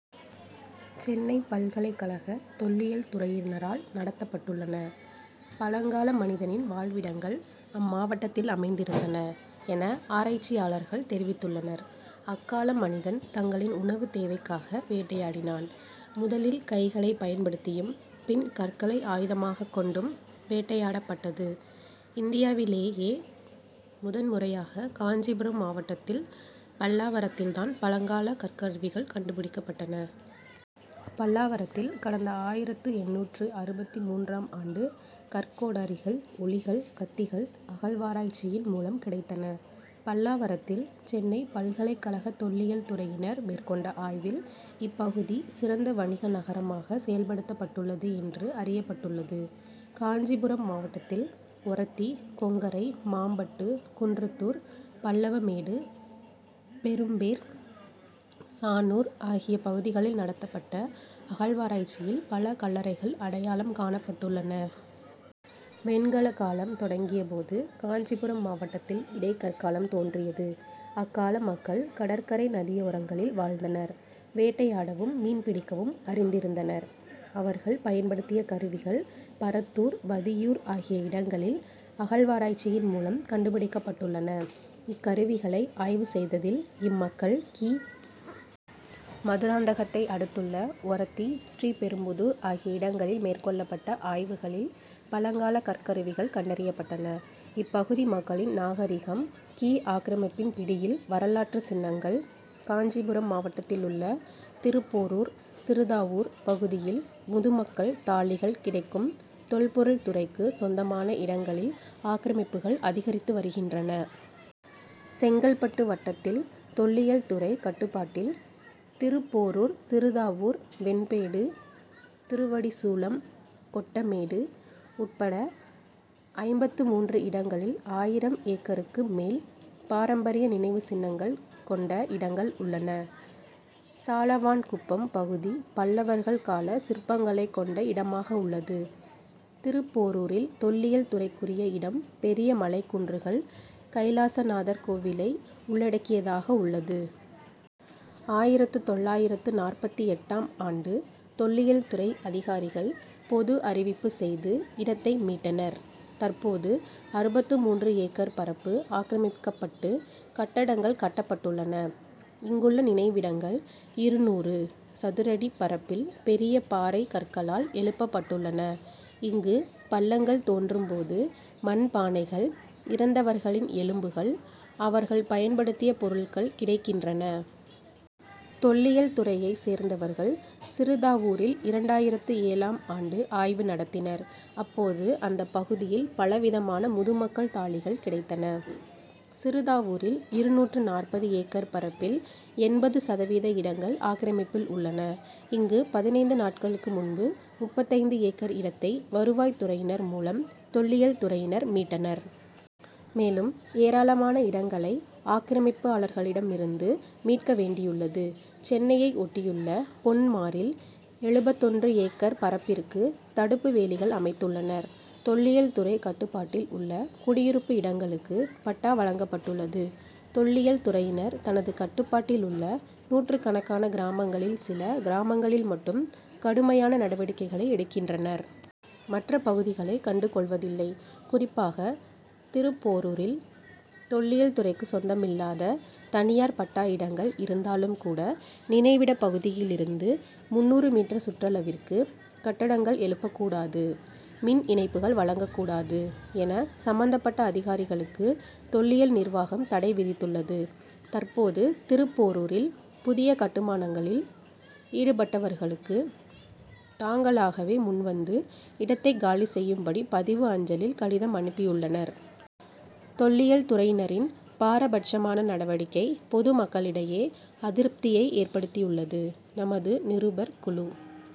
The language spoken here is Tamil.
சென்னை பல்கலைக்கழக தொல்லியல் துறையினரால் நடத்தப்பட்டுள்ளன. பழங்கால மனிதனின் வாழ்விடங்கள் இம்மாவட்டத்தில் அமைந்திருந்தன என ஆராய்ச்சியாளர்கள் தெரிவித்துள்ளனர். அக்கால மனிதன் தங்களின் உணவுத் தேவைக்காக வேட்டையாடினான். முதலில் கைகளை பயன்படுத்தியும், பின் கற்களை ஆயுதமாகக் கொண்டும் வேட்டையாடப்பட்டது. இந்தியாவிலேயே முதன் முறையாக காஞ்சிபுரம் மாவட்டத்தில், பல்லாவரத்தில் தான் பழங்கால கற்கருவிகள் கண்டுபிடிக்கப்பட்டன. பல்லாவரத்தில், கடந்த ஆயிரத்து எண்ணூற்று அறுபத்து மூன்றாம் ஆண்டு கற்கோடாரிகள், உளிகள், கத்திகள் அகழ்வாராய்ச்சியின் மூலம் கிடைத்தன. பல்லாவரத்தில், சென்னை பல்கலைக்கழக தொல்லியல் துறையினர் மேற்கொண்ட ஆய்வில், இப்பகுதி சிறந்த வணிக நகரமாக செயல்படுத்தப்பட்டுள்ளது என்று அறியப்பட்டுள்ளது. காஞ்சிபுரம் மாவட்டத்தில், ஒரத்தி, கொங்கரை மாம்பட்டு, குன்றத்தூர், பல்லவமேடு, பெரும்பேர், சானூர் ஆகிய பகுதிகளில் நடத்தப்பட்ட அகழ்வாராய்ச்சியில் பல கல்லறைகள் அடையாளம் காணப்பட்டுள்ளன. வெண்கலக் காலம் தொடங்கிய போது, காஞ்சிபுரம் மாவட்டத்தில் இடை கற்காலம் தோன்றியது. அக்கால மக்கள் கடற்கரை, நதியோரங்களில் வாழ்ந்தனர். வேட்டையாடவும், மீன் பிடிக்கவும் அறிந்திருந்தனர். அவர்கள் பயன்படுத்திய கருவிகள் பரத்தூர், வதியூர் ஆகிய இடங்களில் அகழ்வாராய்ச்சியின் மூலம் கண்டுபிடிக்கப்பட்டுள்ளன. இக்கருவிகளை ஆய்வு செய்ததில், இம்மக்கள் கி. மதுராந்தகத்தை அடுத்துள்ள ஒரத்தி, ஸ்ரீபெரும்புதூர் ஆகிய இடங்களில் மேற்கொள்ளப்பட்ட ஆய்வுகளில் பழங்கால கற்கருவிகள் கண்டறியப்பட்டன. இப்பகுதி மக்களின் நாகரிகம் கி. ஆக்கிரமிப்பின் பிடியில் வரலாற்று சின்னங்கள்: காஞ்சிபுரம் மாவட்டத்தில் உள்ள திருப்போரூர், சிறுதாவூர் பகுதியில் முதுமக்கள் தாழிகள் கிடைக்கும் தொல்பொருள் துறைக்கு சொந்தமான இடங்களில் ஆக்கிரமிப்புகள் அதிகரித்து வருகின்றன. செங்கல்பட்டு வட்டத்தில் தொல்லியல் துறை கட்டுப்பாட்டில் திருப்போரூர், சிறுதாவூர், வெண்பேடு, திருவடிசூலம், கொட்டமேடு உட்பட ஐம்பத்து மூன்று இடங்களில் ஆயிரம் ஏக்கருக்கு மேல் பாரம்பரிய நினைவுச் சின்னங்கள் கொண்ட இடங்கள் உள்ளன. சாலவான்குப்பம் பகுதி பல்லவர்கள் கால சிற்பங்களைக் கொண்ட இடமாக உள்ளது. திருப்போரூரில் தொல்லியல் துறைக்குரிய இடம் பெரிய மலைக் குன்றுகள், கைலாசநாதர் கோவிலை உள்ளடக்கியதாக உள்ளது. ஆயிரத்து தொள்ளாயிரத்து நாற்பத்தெட்டாம் ஆண்டு தொல்லியல் துறை அதிகாரிகள் பொது அறிவிப்பு செய்து இடத்தை மீட்டனர். தற்போது அறுபத்து மூன்று ஏக்கர் பரப்பு ஆக்கிரமிக்கப்பட்டு கட்டங்கள் கட்டப்பட்டுள்ளன. இங்குள்ள நினைவிடங்கள் இருநூறு சதுரடி பரப்பில் பெரிய பாறை கற்களால் எழுப்பப்பட்டுள்ளன. இங்கு பள்ளங்கள் தோன்றும்போது மண் பானைகள், இறந்தவர்களின் எலும்புகள், அவர்கள் பயன்படுத்திய பொருட்கள் கிடைக்கின்றன. தொல்லியல் துறையைச் சேர்ந்தவர்கள் சிறுதாவூரில் இரண்டாயிரத்து ஏழாம் ஆண்டு ஆய்வு நடத்தினர். அப்போது அந்தப் பகுதியில் பலவிதமான முதுமக்கள் தாழிகள் கிடைத்தன. சிறுதாவூரில் இருநூற்று நாற்பது ஏக்கர் பரப்பில் எண்பது சதவீத இடங்கள் ஆக்கிரமிப்பில் உள்ளன. இங்கு பதினைந்து நாட்களுக்கு முன்பு முப்பத்தைந்து ஏக்கர் இடத்தை வருவாய் துறையினர் மூலம் தொல்லியல் துறையினர் மீட்டனர். மேலும் ஏராளமான இடங்களை ஆக்கிரமிப்பாளர்களிடம் இருந்து மீட்க வேண்டியுள்ளது. சென்னையை ஒட்டியுள்ள பொன்மாரில் எழுபத்தொன்று ஏக்கர் பரப்பிற்கு தடுப்பு வேலிகள் அமைத்துள்ளனர். தொல்லியல் துறை கட்டுப்பாட்டில் உள்ள குடியிருப்பு இடங்களுக்கு பட்டா வழங்கப்பட்டுள்ளது. தொல்லியல் துறையினர் தனது கட்டுப்பாட்டில் உள்ள நூற்றுக்கணக்கான கிராமங்களில் சில கிராமங்களில் மட்டும் கடுமையான நடவடிக்கைகளை எடுக்கின்றனர். மற்ற பகுதிகளை கண்டுகொள்வதில்லை. குறிப்பாக திருப்போரூரில் தொல்லியல் துறைக்கு சொந்தமில்லாத, தனியார் பட்டா இடங்கள் இருந்தாலும் கூட நினைவிடப் பகுதியிலிருந்து முந்நூறு மீட்டர் சுற்றளவிற்கு கட்டடங்கள் எழுப்பக் கூடாது மின் இணைப்புகள் வழங்கக் கூடாது என சம்பந்தப்பட்ட அதிகாரிகளுக்கு தொல்லியல் நிர்வாகம் தடை விதித்துள்ளது. தற்போது திருப்போரூரில் புதிய கட்டுமானங்களில் ஈடுபட்டுள்ளவர்களுக்கு தாங்களாகவே முன்வந்து இடத்தை காலி செய்யும்படி பதிவு அஞ்சலில் கடிதம் அனுப்பியுள்ளனர். தொல்லியல் துறையினரின் பாரபட்சமான நடவடிக்கை, பொதுமக்களிடையை அதிருப்தியை ஏற்படுத்தியுள்ளது. -நமது நிருபர் குழு